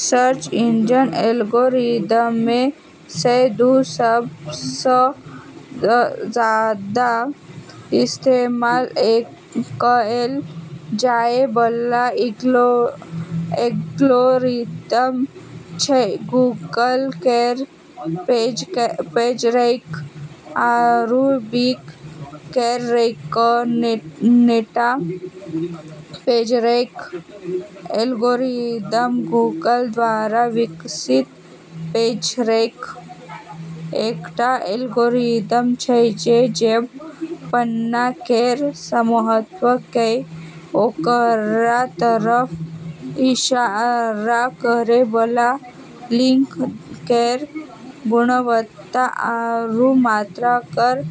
Search engine algorithm मे सँ दू सब सँ जादा इस्तेमाल कएल जाए बला एल्गोरिदम छै गूगल केर पेजरैंक आरू बिंग केर रैंकनेट। पेजरैंक एल्गोरिदम: गूगल द्वारा विकसित पेजरैंक एकटा एल्गोरिदम छै जे वेब पन्ना केर महत्व केँ ओकरा तरफ इशारा करै बला लिंक केर गुणवत्ता आरू मात्रा केर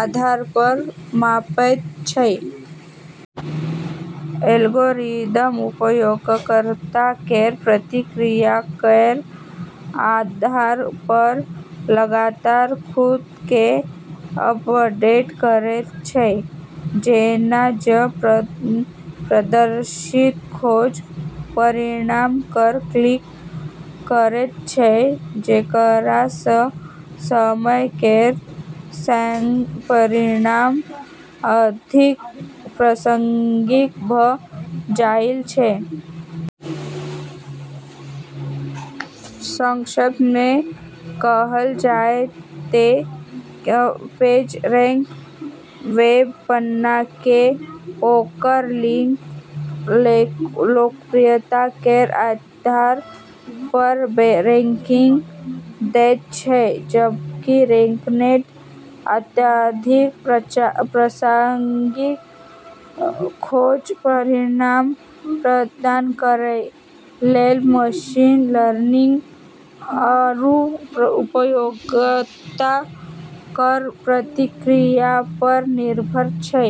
आधार पर मापैत छै। एल्गोरिदम उपयोगकर्ता केर प्रतिक्रिया केर आधार पर लगातार खुद केँ अपडेट करैत छै जेना जे प्रदर्शित खोज परिणाम पर क्लिक करैत छै, जेकरा सँ समय केर सँग परिणाम अधिक प्रासंगिक भऽ जाइत छै। संक्षेप मे कहल जाय तँ पेजरैंक वेब पन्ना केँ ओकर लिंक लोकप्रियता केर आधार पर रैंकिंग दैत छै, जबकि रैंकनेट अत्यधिक प्रासंगिक खोज परिणाम प्रदान करै लेल मशीन लर्निंग आरू उपयोगकर्ता केर प्रतिक्रिया पर निर्भर छै।